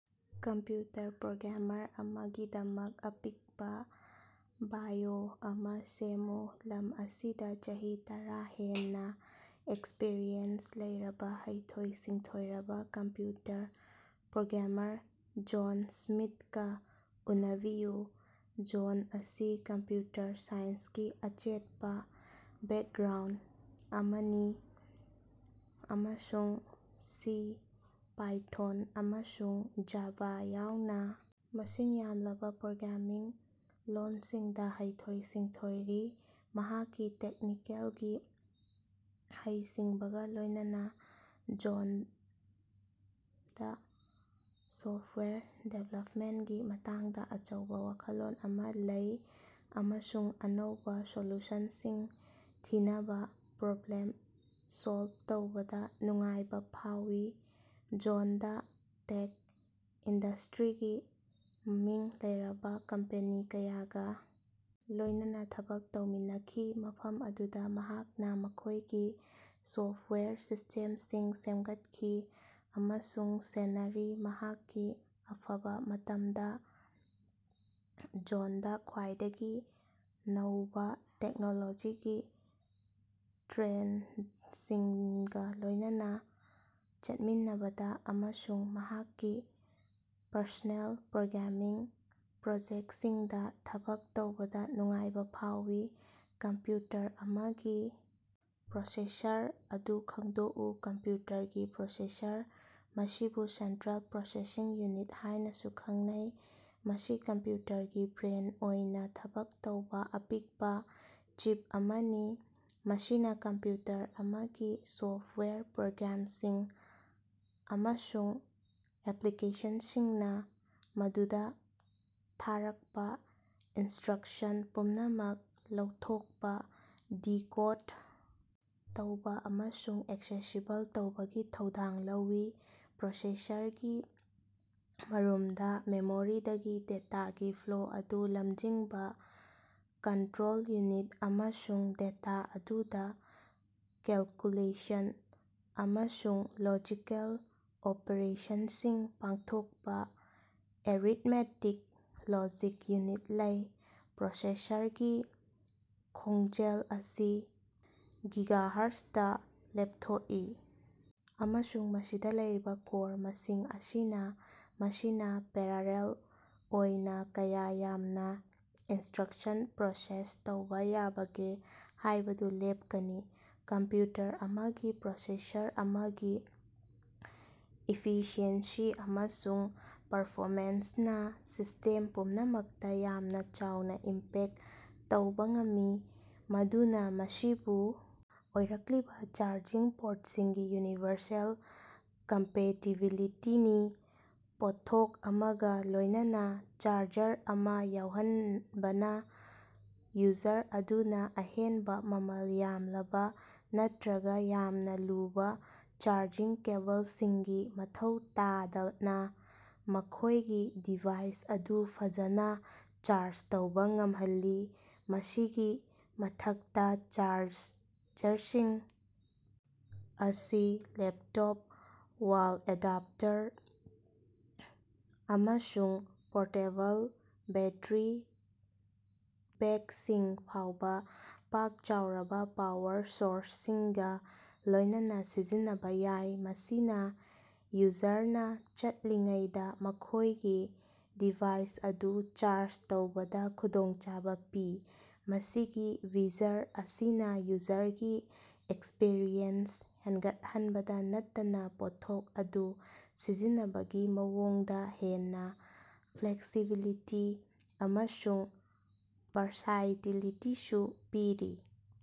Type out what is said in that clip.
Computer programmer ꯑꯃꯒꯤꯗꯃꯛ ꯑꯄꯤꯛꯄꯥ bio ꯑꯃꯥ ꯁꯦꯝꯃꯨ꯫ ꯂꯝ ꯑꯁꯤꯗꯥ ꯆꯍꯤ ꯇꯔꯥ ꯍꯦꯟꯅꯥ ꯑꯦꯛꯁꯄ꯭ꯔꯤꯌꯦꯟꯁ ꯂꯩꯔꯕꯥ ꯍꯩꯊꯣꯏ-ꯁꯤꯡꯊꯣꯏꯔꯕꯥ ꯀꯝꯄ꯭ꯌꯨꯇꯔ ꯄ꯭ꯔꯣꯒ꯭ꯔꯥꯃꯔ ꯖꯣꯟ ꯁ꯭ꯃꯤꯠꯀꯥ ꯎꯅꯕꯤꯌꯨ꯫ ꯖꯣꯟ ꯑꯁꯤ ꯀꯝꯄ꯭ꯌꯨꯇꯔ ꯁꯥꯏꯟꯁꯀꯤ ꯑꯆꯦꯠꯄꯥ ꯕꯦꯛꯒ꯭ꯔꯥꯎꯟꯗ ꯑꯃꯅꯤ ꯑꯃꯁꯨꯡ ꯁꯤ, ꯄꯥꯏꯊꯣꯟ, ꯑꯃꯁꯨꯡ ꯖꯥꯚꯥ ꯌꯥꯎꯅꯥ ꯃꯁꯤꯡ ꯌꯥꯝꯂꯕꯥ ꯄ꯭ꯔꯣꯒ꯭ꯔꯥꯃꯤꯡ ꯂꯣꯜꯁꯤꯡꯗꯥ ꯍꯩꯊꯣꯏ-ꯁꯤꯡꯊꯣꯏꯔꯤ꯫ ꯃꯍꯥꯛꯀꯤ ꯇꯦꯛꯅꯤꯀꯦꯜꯒꯤ ꯍꯩꯁꯤꯡꯕꯒꯥ ꯂꯣꯏꯅꯅꯥ ꯖꯣꯟꯗꯥ ꯁꯣꯐꯋꯦꯌꯔ ꯗꯤꯕꯦꯂꯞꯃꯦꯟꯇꯀꯤ ꯃꯇꯥꯡꯗꯥ ꯑꯆꯧꯕꯥ ꯋꯥꯈꯜꯂꯣꯟ ꯑꯃꯥ ꯂꯩ ꯑꯃꯁꯨꯡ ꯑꯅꯧꯕꯥ ꯁꯣꯂꯨꯁꯟꯁꯤꯡ ꯊꯤꯅꯕꯥ ꯄ꯭ꯔꯣꯕ꯭ꯂꯦꯝ ꯁꯣꯜꯕ ꯇꯧꯕꯗꯥ ꯅꯨꯡꯉꯥꯏꯕꯥ ꯐꯥꯎꯏ꯫ ꯖꯣꯟꯗꯥ ꯇꯦꯛ ꯏꯟꯗꯁꯇ꯭ꯔꯤꯒꯤ ꯃꯃꯤꯡ ꯂꯩꯔꯕꯥ ꯀꯝꯄꯦꯅꯤ ꯀꯌꯥꯒꯥ ꯂꯣꯏꯅꯅꯥ ꯊꯕꯛ ꯇꯧꯃꯤꯟꯅꯈꯤ ꯃꯐꯝ ꯑꯗꯨꯗꯥ ꯃꯍꯥꯛꯅꯥ ꯃꯈꯣꯏꯒꯤ ꯁꯣꯐꯋꯦꯌꯔ ꯁꯤꯁꯇꯦꯝꯁꯤꯡ ꯁꯦꯝꯒꯠꯈꯤ ꯑꯃꯁꯨꯡ ꯁꯦꯟꯅꯔꯤ꯫ ꯃꯍꯥꯛꯀꯤ ꯑꯐꯕꯥ ꯃꯇꯝꯗꯥ, ꯖꯣꯟꯗꯥ ꯈ꯭ꯋꯥꯏꯗꯒꯤ ꯅꯧꯕꯥ ꯇꯦꯛꯅꯣꯂꯣꯖꯤꯒꯤ ꯇ꯭ꯔꯦꯟꯗꯁꯤꯡꯒꯥ ꯂꯣꯏꯅꯅꯥ ꯆꯠꯃꯤꯟꯅꯕꯗꯥ ꯑꯃꯁꯨꯡ ꯃꯍꯥꯛꯀꯤ ꯄꯔꯁꯣꯅꯦꯜ ꯄ꯭ꯔꯣꯒ꯭ꯔꯥꯃꯤꯡ ꯄ꯭ꯔꯣꯖꯦꯛꯇꯁꯤꯡꯗꯥ ꯊꯕꯛ ꯇꯧꯕꯗꯥ ꯅꯨꯡꯉꯥꯏꯕꯥ ꯐꯥꯎꯏ꯫ ꯀꯝꯄ꯭ꯌꯨꯇꯔ ꯑꯃꯒꯤ ꯄ꯭ꯔꯣꯁꯦꯁꯔ ꯑꯗꯨ ꯈꯪꯗꯣꯛꯎ꯫ ꯀꯝꯄ꯭ꯌꯨꯇꯔꯒꯤ ꯄ꯭ꯔꯣꯁꯦꯁꯔ, ꯃꯁꯤꯕꯨ ꯁꯦꯟꯇ꯭ꯔꯦꯜ ꯄ꯭ꯔꯣꯁꯦꯁꯤꯡ ꯌꯨꯅꯤꯠ ꯍꯥꯏꯅꯥꯁꯨ ꯈꯪꯅꯩ, ꯃꯁꯤ ꯀꯝꯄ꯭ꯌꯨꯇꯔꯒꯤ ꯕ꯭ꯔꯦꯟ ꯑꯣꯏꯅꯥ ꯊꯕꯛ ꯇꯧꯕꯥ ꯑꯄꯤꯛꯄꯥ ꯆꯤꯞ ꯑꯃꯅꯤ꯫ ꯃꯁꯤꯅꯥ ꯀꯝꯄ꯭ꯌꯨꯇꯔ ꯑꯃꯒꯤ ꯁꯣꯐꯇꯋꯥꯌꯔ ꯄ꯭ꯔꯣꯒ꯭ꯔꯥꯃꯁꯤꯡ ꯑꯃꯁꯨꯡ ꯑꯦꯄ꯭ꯂꯤꯀꯦꯁꯟꯁꯤꯡꯅꯥ ꯃꯗꯨꯗꯥ ꯊꯥꯔꯛꯄꯥ ꯏꯟꯁꯇ꯭ꯔꯛꯁꯟ ꯄꯨꯝꯅꯃꯛ ꯂꯧꯊꯣꯛꯄꯥ, ꯗꯤꯀꯣꯗ ꯇꯧꯕꯥ ꯑꯃꯁꯨꯡ ꯑꯦꯛꯁꯦꯁꯤꯕꯜ ꯇꯧꯕꯒꯤ ꯊꯧꯗꯥꯡ ꯂꯧꯏ꯫ ꯄ꯭ꯔꯣꯁꯦꯁꯔꯒꯤ ꯃꯔꯨꯝꯗꯥ ꯃꯦꯃꯣꯔꯤꯗꯒꯤ ꯗꯦꯇꯥꯒꯤ ꯐ꯭ꯂꯣ ꯑꯗꯨ ꯂꯃꯖꯤꯡꯂꯤꯕꯥ ꯀꯟꯇ꯭ꯔꯣꯜ ꯌꯨꯅꯤꯠ ꯑꯃꯁꯨꯡ ꯗꯦꯇꯥ ꯑꯗꯨꯗꯥ ꯀꯦꯜꯀꯨꯂꯦꯁꯟ ꯑꯃꯁꯨꯡ ꯂꯣꯖꯤꯀꯦꯜ ꯑꯣꯄꯔꯦꯁꯟꯁꯤꯡ ꯄꯥꯡꯊꯣꯛꯄꯥ ꯑꯦꯔꯤꯠꯃꯦꯇꯤꯛ ꯂꯣꯖꯤꯛ ꯌꯨꯅꯤꯠ ꯂꯩ꯫ ꯄ꯭ꯔꯣꯁꯦꯁꯔꯒꯤ ꯈꯣꯡꯖꯦꯜ ꯑꯁꯤ ꯒꯤꯒꯥꯍꯔꯖ ꯗꯥ ꯂꯦꯞꯊꯣꯛꯏ ꯑꯃꯁꯨꯡ ꯃꯁꯤꯗꯥ ꯂꯩꯔꯤꯕꯥ ꯀꯣꯔ ꯃꯁꯤꯡ ꯑꯁꯤꯅꯥ ꯃꯁꯤꯅꯥ ꯄꯦꯔꯥꯂꯦꯜ ꯑꯣꯏꯅꯥ ꯀꯌꯥ ꯌꯥꯝꯅꯥ ꯏꯟꯁꯇ꯭ꯔꯛꯁꯟ ꯄ꯭ꯔꯣꯁꯦꯁ ꯇꯧꯕꯥ ꯌꯥꯕꯒꯦ ꯍꯥꯏꯕꯗꯨ ꯂꯦꯞꯀꯅꯤ꯫ ꯀꯝꯄ꯭ꯌꯨꯇꯔ ꯑꯃꯒꯤ ꯄ꯭ꯔꯣꯁꯦꯁꯔ ꯑꯃꯒꯤ ꯏꯐꯤꯁꯤꯑꯦꯟꯁꯤ ꯑꯃꯁꯨꯡ ꯄꯔꯐꯣꯃꯦꯟꯁꯅꯥ ꯁꯤꯁꯇꯦꯝ ꯄꯨꯝꯅꯃꯛꯇꯥ ꯌꯥꯝꯅꯥ ꯆꯥꯎꯅꯥ ꯏꯝꯄꯦꯛ ꯇꯧꯕꯥ ꯉꯝꯃꯤ, ꯃꯗꯨꯅꯥ ꯃꯁꯤꯕꯨ ꯑꯣꯏꯔꯛꯂꯤꯕꯥ ꯆꯥꯔꯖꯤꯡ ꯄꯣꯔꯠꯁꯤꯡꯒꯤ ꯌꯨꯅꯤꯚꯔꯁꯦꯜ ꯀꯝꯄꯦꯇꯤꯕꯤꯂꯤꯇꯤꯅꯤ꯫ ꯄꯣꯠꯊꯣꯛ ꯑꯃꯒꯥ ꯂꯣꯏꯅꯅꯥ ꯆꯥꯔꯖꯔ ꯑꯃꯥ ꯌꯥꯎꯍꯟꯕꯅꯥ ꯌꯨꯖꯔ ꯑꯗꯨꯅꯥ ꯑꯍꯦꯟꯕꯥ, ꯃꯃꯜ ꯌꯥꯝꯂꯕꯥ ꯅꯠꯇ꯭ꯔꯒꯥ ꯌꯥꯝꯅꯥ ꯂꯨꯕꯥ ꯆꯥꯔꯖꯤꯡ ꯀꯦꯕꯜꯁꯤꯡꯒꯤ ꯃꯊꯧ ꯇꯥꯗꯅꯥ ꯃꯈꯣꯏꯒꯤ ꯗꯤꯚꯥꯏꯁ ꯑꯗꯨ ꯐꯖꯅꯥ ꯆꯥꯔꯖ ꯇꯧꯕꯥ ꯉꯝꯍꯜꯂꯤ꯫ ꯃꯁꯤꯒꯤ ꯃꯊꯛꯇꯥ, ꯆꯥꯔꯖꯔꯁꯤꯡ ꯑꯁꯤ ꯂꯦꯞꯇꯣꯞ, ꯋꯥꯜ ꯑꯦꯗꯥꯞꯇꯔ, ꯑꯃꯁꯨꯡ ꯄꯣꯔꯇꯦꯕꯜ ꯕꯦꯠꯇꯔꯤ ꯄꯦꯛꯁꯤꯡ ꯐꯥꯎꯕꯥ ꯄꯥꯛ-ꯆꯥꯎꯔꯕꯥ ꯄꯥꯋꯔ ꯁꯣꯔꯁꯁꯤꯡꯒꯥ ꯂꯣꯏꯅꯅꯥ ꯁꯤꯖꯤꯟꯅꯕꯥ ꯌꯥꯏ, ꯃꯁꯤꯅꯥ ꯌꯨꯖꯔꯅꯥ ꯆꯠꯂꯤꯉꯩꯗꯥ ꯃꯈꯣꯏꯒꯤ ꯗꯤꯚꯥꯏꯁ ꯑꯗꯨ ꯆꯥꯔꯖ ꯇꯧꯕꯗꯥ ꯈꯨꯗꯣꯡꯆꯥꯕ ꯄꯤ꯫ ꯃꯁꯤꯒꯤ ꯐꯤꯆꯔ ꯑꯁꯤꯅꯥ ꯌꯨꯖꯔꯒꯤ ꯑꯦꯛꯁꯄꯤꯔꯤꯑꯦꯟꯁ ꯍꯦꯟꯒꯠꯍꯟꯕꯇꯥ ꯅꯠꯇꯅꯥ ꯄꯣꯠꯊꯣꯛ ꯑꯗꯨ ꯁꯤꯖꯤꯟꯅꯕꯒꯤ ꯃꯑꯣꯡꯗꯥ ꯍꯦꯟꯅꯥ ꯐ꯭ꯂꯦꯛꯁꯤꯕꯤꯂꯤꯇꯤ ꯑꯃꯁꯨꯡ ꯕꯥꯔꯁꯥꯏꯇꯤꯂꯤꯇꯤꯁꯨ ꯄꯤꯔꯤ꯫